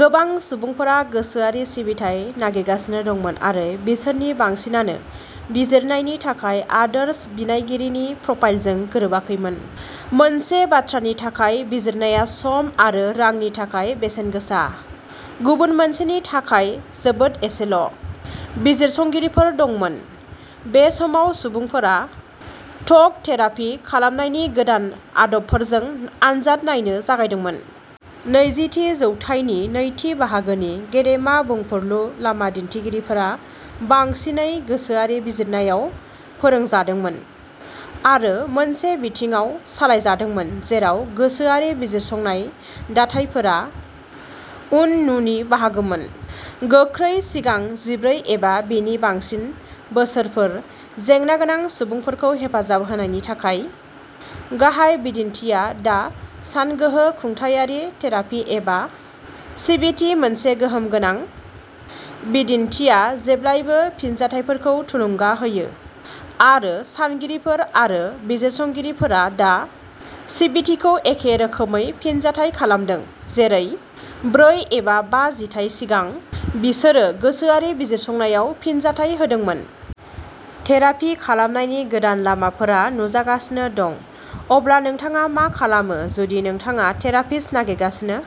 गोबां सुबुंफोरा गोसोआरि सिबिथाय नागिरगासिनो दंमोन आरो बिसोरनि बांसिनानो बिजिरनायनि थाखाय आदर्श बिनायगिरिनि प्रफाइलजों गोरोबाखैमोन। मोनसे बाथ्रानि थाखाय बिजिरनाया सम आरो रांनि थाखाय बेसेन गोसा गुबुन मोनसेनि थाखाय जोबोद एसेल' बिजिरसंगिरिफोर दंमोन। बे समाव सुबुंफोरा ट'क थेरापि खालामनायनि गोदान आदबफोरजों आनजाद नायनो जागायदोंमोन। नैजिथि जौथाइनि नैथि बाहागोनि गेदेमा बुंफुरलु लामा दिन्थिगिरिफोरा बांसिनै गोसोआरि बिजिरनायाव फोरोंजादोंमोन आरो मोनसे बिथिङाव सालायजादोंमोन जेराव गोसोआरि बिजिरसंनाय दाथायफोरा उननुनि बाहागोमोन। गोख्रै सिगां जिब्रै एबा बिनि बांसिन बोसोरफोर जेंना गोनां सुबुंफोरखौ हेफाजाब होनायनि थाखाय गाहाय बिदिनथिया दा सानगोहो आखुथायारि थेरापि एबा सिबिटि मोनसे गोहोम गोनां बिदिनथिया जेब्लाबो फिनजाथायफोरखौ थुलुंगा होयो आरो सानगिरिफोर आरो बिजिरसंगिरिफोरा दा सिबिटिखौ एखे रोखोमै फिनजाथाय खालामदों जेरै, ब्रै एबा बा जिथाय सिगां, बिसोरो गोसोआरि बिजिरसंनायाव फिनजाथाय होदोंमोन। थेरापि खालामनायनि गोदान लामाफोरा नुजागासिनो दं। अब्ला नोंथाङा मा खालामो जुदि नोंथाङा थेरापिस्ट नागिरगासिनो।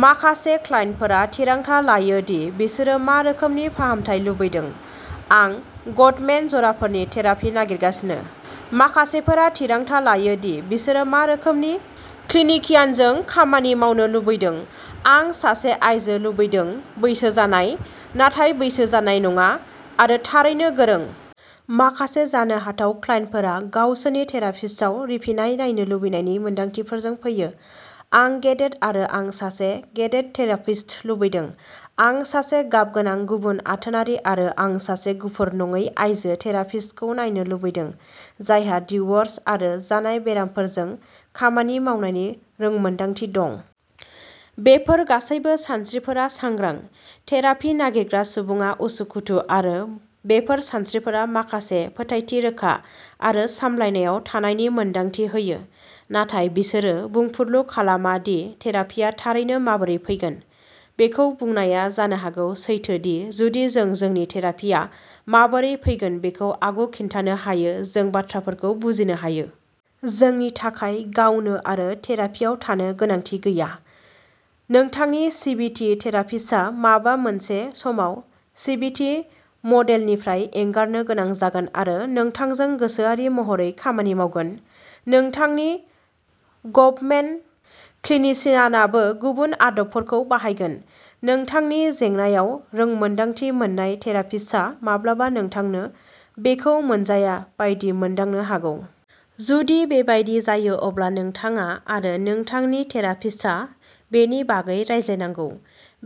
माखासे क्लाइन्टफोरा थिरांथा लायो दि बिसोरो मा रोखोमनि फाहामथाय लुबैदों आं गटमेन जराफोरनि थेरापि नागिरगासिनो। माखासेफोरा थिरांथा लायो दि बिसोर मा रोखोमनि क्लिनिकियानजों खामानि मावनो लुबैदों आं सासे आयजो लुबैदों, बैसो जानाय, नाथाय बैसो जानाय नङा, आरो थारैनो गोरों। माखासे जानो हाथाव क्लाइन्टफोरा गावसोरनि थेरापिस्टआव रिफिनाय नायनो लुबैनायनि मोन्दांथिफोरजों फैयो। आं गेदेथ आरो आं सासे गेदेथ थेरापिस्ट लुबैदों। आं सासे गाबगोनां गुबुन आथोनारि आरो आं सासे गुफुर नङै आइजो थेरापिस्टखौ नायनो लुबैदों जायहा डिव'र्स आरो जानाय बेरामफोरजों खामानि मावनायनि रोंमोनदांथि दं। बेफोर गासैबो सानस्रिफोरा सांग्रां। थेरापि नागिरग्रा सुबुङा उसुखुथु आरो बेफोर सानस्रिफोरा माखासे फोथायथि रोखा आरो सामलायनायाव थानायनि मोनदांथि होयो। नाथाय बिसोरो बुंफुरलु खालामा दि थेरापिआ थारैनो माबोरै फैगोन। बेखौ बुंनाया जानो हागौ सैथो दि जुदि जों जोंनि थेरापिआ माबोरै फैगोन बेखौ आगु खिन्थानो हायो जों बाथ्राफोरखौ बुजिनो हायो। जोंनि थाखाय गावनो आरो थेरापियाव थानो गोनांथि गैया। नोंथांनि सिबिटि थेरापिस्टआ माबा मोनसे समाव सिबिटि मडेलनिफ्राय एंगारनो गोनां जागोन आरो नोंथांजों गोसोआरि महरै खामानि मावगोन। नोंथांनि गबमेन क्लिनिसियानाबो गुबुन आदबफोरखौ बाहायगोन। नोंथांनि जेंनाआव रोंमोन्दांथि मोननाय थेरापिस्टआ माब्लाबा नोंथांनो बेखौ मोनजाया बायदि मोनदांनो हागौ। जुदि बेबादि जायो अब्ला नोंथाङा आरो नोंथांनि थेरापिस्टआ बेनि बागै रायज्लायनांगौ।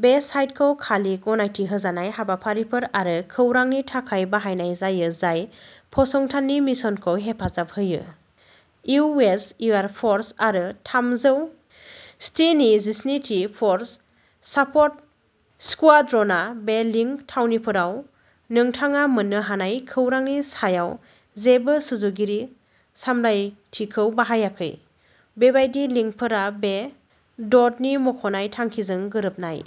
बे साइटखौ खालि गनायथि होजानाय हाबाफारिफोर आरो खौरांनि थाखाय बाहायनाय जायो जाय फसंथाननि मिशनखौ हेफाजाब होयो। इउ. एस. एयार फोर्स आरो थामजौ स्थिनिजिस्निथि फर्स सापर्ट स्क्वाड्रनआ बे लिंक थावनिफोराव नोंथाङा मोन्नो हानाय खौरांनि सायाव जेबो सुजुगिरिनि सामलायथिखौ बाहायाखै। बेबादि लिंकफोरा बे ड'डनि मख'नाय थांखिजों गोरोबनाय।